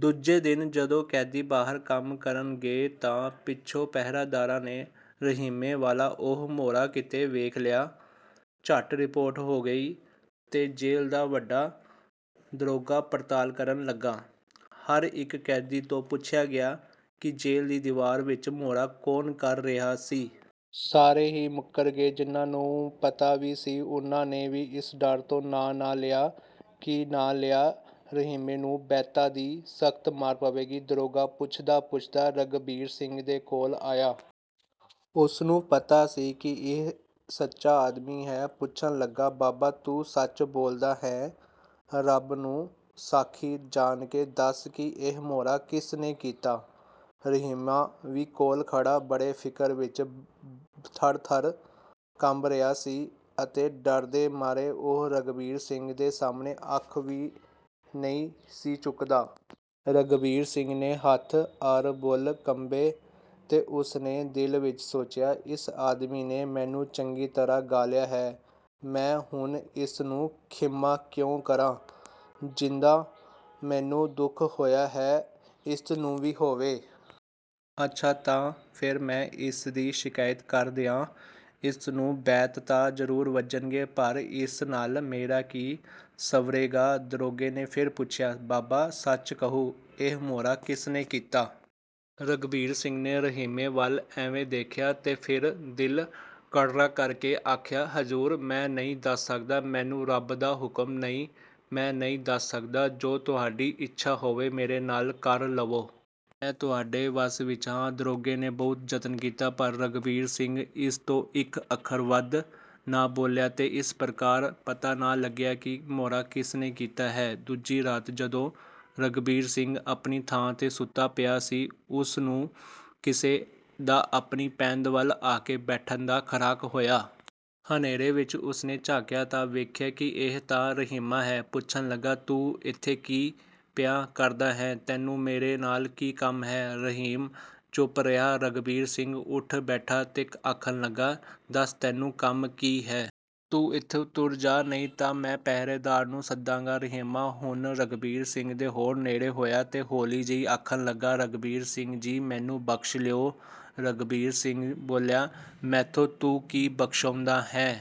ਦੂਜੇ ਦਿਨ ਜਦੋਂ ਕੈਦੀ ਬਾਹਰ ਕੰਮ ਕਰਨ ਗਏ ਤਾਂ ਪਿੱਛੋਂ ਪਹਿਰੇਦਾਰਾਂ ਨੇ ਰਹੀਮੇ ਵਾਲਾ ਉਹ ਮੋਰਾ ਕਿਤੇ ਵੇਖ ਲਿਆ। ਝੱਟ ਰਿਪੋਰਟ ਹੋ ਗਈ ਤੇ ਜੇਲ੍ਹ ਦਾ ਵੱਡਾ ਦਰੋਗਾ ਪੜਤਾਲ ਕਰਨ ਲੱਗਾ। ਹਰ ਇੱਕ ਕੈਦੀ ਤੋਂ ਪੁੱਛਿਆ ਗਿਆ ਕਿ ਜੇਲ੍ਹ ਦੀ ਦੀਵਾਰ ਵਿੱਚ ਮੋਰਾ ਕੌਣ ਕਰ ਰਿਹਾ ਸੀ। ਸਾਰੇ ਹੀ ਮੁੱਕਰ ਗਏ। ਜਿਨ੍ਹਾਂ ਨੂੰ ਪਤਾ ਵੀ ਸੀ, ਉਨ੍ਹਾਂ ਨੇ ਵੀ ਇਸ ਡਰ ਤੋਂ ਨਾਂ ਨਾ ਲਿਆ ਕਿ ਨਾਂ ਲਿਆਂ ਰਹੀਮੇ ਨੂੰ ਬੈਂਤਾਂ ਦੀ ਸਖ਼ਤ ਮਾਰ ਪਵੇਗੀ। ਦਰੋਗਾ ਪੁੱਛਦਾ-ਪੁੱਛਦਾ ਰਘਬੀਰ ਸਿੰਘ ਦੇ ਕੋਲ ਆਇਆ। ਉਸਨੂੰ ਪਤਾ ਸੀ ਕਿ ਇਹ ਸੱਚਾ ਆਦਮੀ ਹੈ। ਪੁੱਛਣ ਲੱਗਾ, "ਬਾਬਾ, ਤੂੰ ਸੱਚ ਬੋਲਦਾ ਹੈਂ। ਰੱਬ ਨੂੰ ਸਾਖੀ ਜਾਣ ਕੇ ਦੱਸ ਕਿ ਇਹ ਮੋਰਾ ਕਿਸ ਨੇ ਕੀਤਾ?" ਰਹੀਮਾ ਵੀ ਕੋਲ ਖੜ੍ਹਾ ਬੜੇ ਫ਼ਿਕਰ ਵਿੱਚ ਥਰ-ਥਰ ਕੰਬ ਰਿਹਾ ਸੀ ਅਤੇ ਡਰਦੇ ਮਾਰੇ ਉਹ ਰਘਬੀਰ ਸਿੰਘ ਦੇ ਸਾਹਮਣੇ ਅੱਖ ਵੀ ਨਹੀਂ ਸੀ ਚੁੱਕਦਾ। ਰਘਬੀਰ ਸਿੰਘ ਦੇ ਹੱਥ ਅਰ ਬੁੱਲ੍ਹ ਕੰਬੇ ਤੇ ਉਸ ਨੇ ਦਿਲ ਵਿੱਚ ਸੋਚਿਆ, "ਇਸ ਆਦਮੀ ਨੇ ਮੈਨੂੰ ਚੰਗੀ ਤਰ੍ਹਾਂ ਗਾਲਿਆ ਹੈ। ਮੈਂ ਹੁਣ ਇਸ ਨੂੰ ਖ਼ਿਮਾ ਕਿਉਂ ਕਰਾਂ? ਜਿੱਦਾਂ ਮੈਨੂੰ ਦੁੱਖ ਹੋਇਆ ਹੈ, ਇਸ ਨੂੰ ਵੀ ਹੋਵੇ। ਅੱਛਾ ਤਾਂ ਫਿਰ ਮੈਂ ਇਸ ਦੀ ਸ਼ਿਕਾਇਤ ਕਰ ਦਿਆਂ? ਇਸ ਨੂੰ ਬੈਂਤ ਤਾਂ ਜ਼ਰੂਰ ਵੱਜਣਗੇ, ਪਰ ਇਸ ਨਾਲ ਮੇਰਾ ਕੀ ਸੰਵਰੇਗਾ?" ਦਰੋਗੇ ਨੇ ਫਿਰ ਪੁੱਛਿਆ, "ਬਾਬਾ, ਸੱਚ ਕਹੁ, ਇਹ ਮੋਰਾ ਕਿਸ ਨੇ ਕੀਤਾ?" ਰਘਬੀਰ ਸਿੰਘ ਨੇ ਰਹੀਮੇ ਵੱਲ ਐਵੇਂ ਵੇਖਿਆ ਤੇ ਫਿਰ ਦਿਲ ਕਰੜਾ ਕਰਕੇ ਆਖਿਆ, "ਹਜ਼ੂਰ! ਮੈਂ ਨਹੀਂ ਦੱਸ ਸਕਦਾ। ਮੈਨੂੰ ਰੱਬ ਦਾ ਹੁਕਮ ਨਹੀਂ। ਮੈਂ ਨਹੀਂ ਦੱਸ ਸਕਦਾ। ਜੋ ਤੁਹਾਡੀ ਇੱਛਾ ਹੋਵੇ, ਮੇਰੇ ਨਾਲ ਕਰ ਲਵੋ। ਮੈਂ ਤੁਹਾਡੇ ਵੱਸ ਵਿੱਚ ਹਾਂ।" ਦਰੋਗੇ ਨੇ ਬਹੁਤ ਯਤਨ ਕੀਤਾ, ਪਰ ਰਘਬੀਰ ਸਿੰਘ ਇਸ ਤੋਂ ਇੱਕ ਅੱਖਰ ਵੱਧ ਨਾ ਬੋਲਿਆ, ਤੇ ਇਸ ਪ੍ਰਕਾਰ ਪਤਾ ਨਾ ਲੱਗਿਆ ਕਿ ਮੋਰਾ ਕਿਸ ਨੇ ਕੀਤਾ ਹੈ। ਦੂਜੀ ਰਾਤ ਜਦੋਂ ਰਘਬੀਰ ਸਿੰਘ ਆਪਣੀ ਥਾਂ ਤੇ ਸੁੱਤਾ ਪਿਆ ਸੀ, ਉਸ ਨੂੰ ਕਿਸੇ ਦਾ ਆਪਣੀ ਪੈਂਦ ਵੱਲ ਆ ਕੇ ਬੈਠਣ ਦਾ ਖੜਾਕ ਹੋਇਆ। ਹਨੇਰੇ ਵਿਚ ਉਸ ਨੇ ਝਾਕਿਆ ਤਾਂ ਵੇਖਿਆ ਕਿ ਇਹ ਤਾਂ ਰਹੀਮਾ ਹੈ। ਪੁੱਛਣ ਲੱਗਾ, "ਤੂੰ ਇੱਥੇ ਕੀ ਪਿਆ ਕਰਦਾ ਹੈਂ? ਤੈਨੂੰ ਮੇਰੇ ਨਾਲ ਕੀ ਕੰਮ ਹੈ?" ਰਹੀਮ ਚੁੱਪ ਰਿਹਾ। ਰਘਬੀਰ ਸਿੰਘ ਉੱਠ ਬੈਠਾ ਤੇ ਆਖਣ ਲੱਗਾ, "ਦੱਸ, ਤੈਨੂੰ ਕੰਮ ਕੀ ਹੈ? ਤੂੰ ਇੱਥੋਂ ਟੁਰ ਜਾਹ, ਨਹੀਂ ਤਾਂ ਮੈਂ ਪਹਿਰੇਦਾਰ ਨੂੰ ਸੱਦਾਂਗਾ।" ਰਹੀਮਾ ਹੁਣ ਰਘਬੀਰ ਸਿੰਘ ਦੇ ਹੋਰ ਨੇੜੇ ਹੋਇਆ ਤੇ ਹੌਲੀ ਜਿਹੀ ਆਖਣ ਲੱਗਾ, "ਰਘਬੀਰ ਸਿੰਘ ਜੀ! ਮੈਨੂੰ ਬਖ਼ਸ਼ ਲਓ।" ਰਘਬੀਰ ਸਿੰਘ ਬੋਲਿਆ, "ਮੈਥੋਂ ਤੂੰ ਕੀ ਬਖ਼ਸ਼ਾਉਂਦਾ ਹੈਂ?"